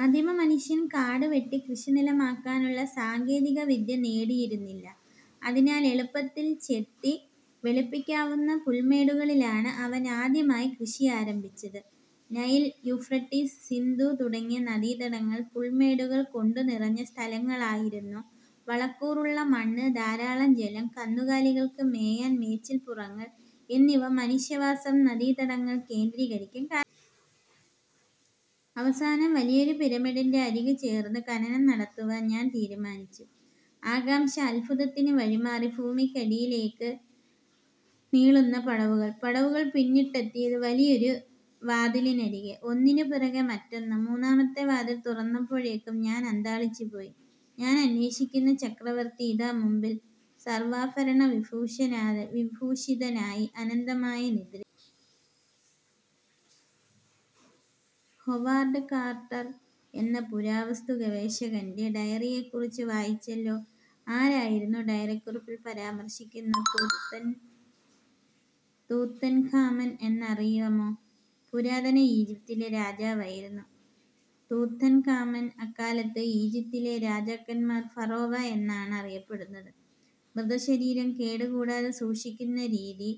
ആദിമമനുഷ്യൻ കാടുവെട്ടി കൃഷിനിലമാക്കാനുള്ള സാങ്കേതികവിദ്യ നേടിയിരുന്നില്ല. അതിനാൽ എളുപ്പത്തിൽ ചെത്തി വെളിപ്പിക്കാവുന്ന പുൽമേടുകളിലാണ് അവൻ ആദ്യമായി കൃഷിയാരംഭിച്ചത്. നൈൽ, യൂഫ്രട്ടീസ്, സിന്ധു തുടങ്ങിയ നദീതടങ്ങൾ പുൽമേടുകൾ കൊണ്ടുനിറഞ്ഞ സ്ഥലങ്ങളായിരുന്നു. വളക്കൂറുള്ള മണ്ണ്, ധാരാളം ജലം, കന്നുകാലികൾക്ക് മേയാൻ മേച്ചിൽപ്പുറങ്ങൾ എന്നിവ മനുഷ്യവാസം നദീതടങ്ങളിൽ കേന്ദ്രീകരിക്കാൻ കാരണമായി. അവസാനം വലിയൊരു പിരമിഡിന്റെ അരികു ചേർന്ന് ഖനനം നടത്തുവാൻ ഞാൻ തീരുമാനിച്ചു. ആകാംക്ഷ അത്ഭുതത്തിനു വഴിമാറി. ഭൂമിക്കടിയിലേക്ക് നീളുന്ന പടവുകൾ. പടവുകൾ പിന്നിട്ടെത്തിയത് വലിയൊരു വാതിലിനരികെ. ഒന്നിനുപിറകെ മറ്റൊന്ന്. മൂന്നാമത്തെ വാതിൽ തുറന്നപ്പോഴേക്കും ഞാൻ അന്ധാളിച്ചുപോയി. ഞാൻ അന്വേഷിക്കുന്ന ചക്രവർത്തി ഇതാ മുമ്പിൽ സർവ്വാഭരണ വിഭൂഷിതനായി അനന്തമായ നിദ്രയിൽ.. ഹൊവാർഡ് കാർട്ടർ എന്ന പുരാവസ്തു ഗവേഷകന്റെ ഡയറിക്കുറിപ്പ് വായിച്ചല്ലോ. ആരായിരുന്നു ഡയറിക്കുറിപ്പിൽ പരാമർശിക്കുന്ന തൂത്തൻഖാമൻ എന്നറിയാമോ? പുരാതന ഈജിപ്തിലെ രാജാവായിരുന്നു തൂത്തൻഖാമൻ. അക്കാലത്ത് ഈജിപ്തിലെ രാജാക്കന്മാർ ഫറോവ എന്നാണ് അറിയപ്പെട്ടിരുന്നത്. മൃതശരീരം കേടു കൂടാതെ സൂക്ഷിക്കുന്ന രീതി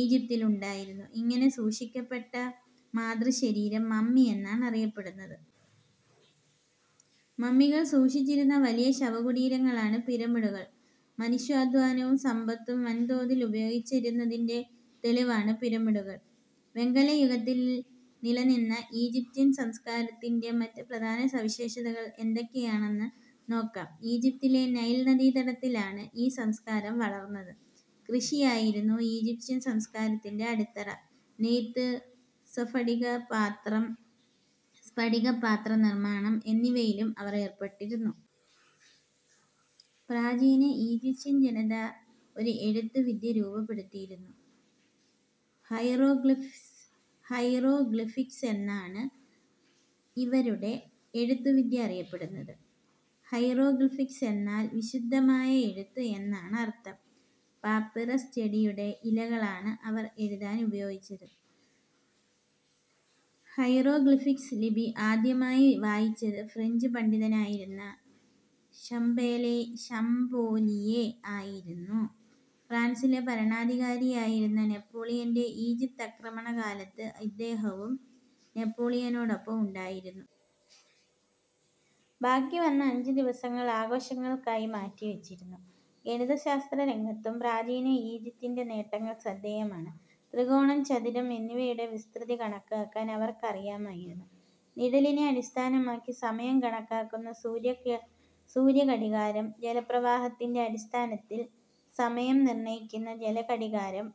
ഈജിപ്തിലുണ്ടായിരുന്നു. ഇങ്ങനെ സൂക്ഷിക്കപ്പെട്ട മൃതശരീരം മമ്മി എന്നാണ് അറിയപ്പെടുന്നത്. മമ്മികൾ സൂക്ഷിച്ചിരുന്ന വലിയ ശവകുടീരങ്ങളാണ് പിരമിഡുകൾ. മനുഷ്യാധ്വാനവും സമ്പത്തും വൻതോതിൽ ഉപയോഗിച്ചിരുന്നതിന്റെ തെളിവാണ് പിരമിഡുകൾ വെങ്കല യുഗത്തിൽ നില നിന്ന ഈജിപ്ഷ്യൻ സംസ്കാരത്തിന്റെ മറ്റ് പ്രധാന സവിശേഷതകൾ എന്തൊക്കെയാണെന്ന് നോക്കാം. ഈജിപ്തിലെ നൈൽ നദീതടത്തിലാണ് ഈ സംസ്കാരം വളർന്നുവന്നത്. കൃഷിയായിരുന്നു ഈജിപ്ഷ്യൻ സംസ്കാരത്തിന്റെ അടിത്തറ. നെയ്ത്ത്, സ്ഫടിക പാത്ര നിർമ്മാണം എന്നിവയിലും അവർ ഏർപ്പെട്ടിരുന്നു. പ്രാചീന ഈജിപ്ഷ്യൻ ജനത ഒരു എഴുത്തുവിദ്യ രൂപപ്പെടുത്തിയിരുന്നു. ഹൈറോഗ്ലിഫിക്സ് എന്നാണ് അവരുടെ എഴുത്തുവിദ്യ അറിയപ്പെടുന്നത്. ഹൈറോ ഗ്ലിഫിക്സ് എന്നാൽ വിശുദ്ധമായ എഴുത്ത് എന്നാണ് അർത്ഥം. പാപ്പിറസ് ചെടിയുടെ ഇലകളാണ് അവർ എഴുതാൻ ഉപയോഗിച്ചത്. ഹൈറോഗ്ലിഫിക്സ് ലിപി ആദ്യമായി വായിച്ചത് ഫ്രഞ്ചു പണ്ഡിതനായിരുന്ന ഷംപോലിയോ ആയിരുന്നു. ഫ്രാൻസിലെ ഭരണാധികാരിയായിരുന്ന നെപ്പോളിയന്റെ ഈജിപ്ത് ആക്രമണകാലത്ത് ഇദ്ദേഹവും നെപ്പോളിയനോടൊപ്പം ഉണ്ടായിരുന്നു. ബാക്കി വന്ന അഞ്ചുദിവസങ്ങൾ ആഘോഷങ്ങൾക്കായി മാറ്റിവച്ചിരുന്നു. ഗണിതശാസ്ത്രരംഗത്തും പ്രാചീന ഈജിപ്തിന്റെ നേട്ടങ്ങൾ ശ്രദ്ധേയമാണ്. ത്രികോണം, ചതുരം എന്നിവയുടെ വിസ്തൃതി കണക്കാക്കാൻ അവർക്കറിയാമായിരുന്നു. നിഴലിനെ അടിസ്ഥാനമാക്കി സമയം കണക്കാക്കുന്ന സൂര്യഘടികാരം, ജലപ്രവാഹത്തിന്റെ അടിസ്ഥാനത്തിൽ സമയം നിർണ്ണയിക്കുന്ന ജലഘടികാരം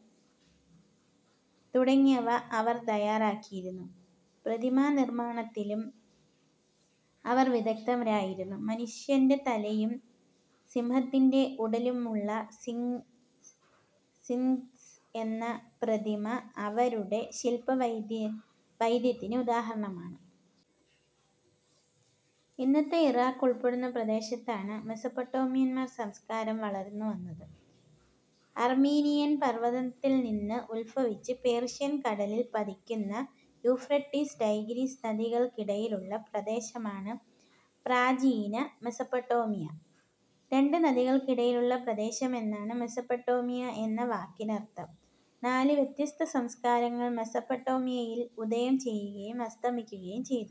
തുടങ്ങിയവ അവർ തയ്യാറാക്കിയിരുന്നു. പ്രതിമാനിർമാണത്തിലും അവർ വിദഗ്ധരായിരുന്നു. മനുഷ്യന്റെ തലയും സിംഹത്തിന്റെ ഉടലുമുള്ള സിംഗ്സ് എന്ന പ്രതിമ അവരുടെ ശില്പ വൈദഗ്ധ്യത്തിന് ഉദാഹരണമാണ്. ഇന്നത്തെ ഇറാഖ് ഉൾപ്പെടുന്ന പ്രദേശത്താണ് മെസൊപ്പൊട്ടാമിയൻ സംസ്കാരം വളർന്നുവന്നത്. ആർമീനിയൻ പർവ്വതത്തിൽനിന്ന് ഉത്ഭവിച്ച് പേർഷ്യൻ കടലിൽ പതിക്കുന്ന യൂഫ്രട്ടീസ്, ടൈഗ്രീസ് നദികൾക്കിടയിലുള്ള പ്രദേശമാണ് പ്രാചീന മെസൊപ്പൊട്ടാമിയ. രണ്ട് നദികൾക്കിടയിലുള്ള പ്രദേശം എന്നാണ് മെസൊപ്പൊട്ടാമിയ എന്ന വാക്കിനർത്ഥം. നാല് വ്യത്യസ്ത സംസ്കാരങ്ങൾ മെസൊപ്പൊട്ടാമിയയിൽ ഉദയം ചെയ്യുകയും അസ്തമിക്കുകയും ചെയ്തു.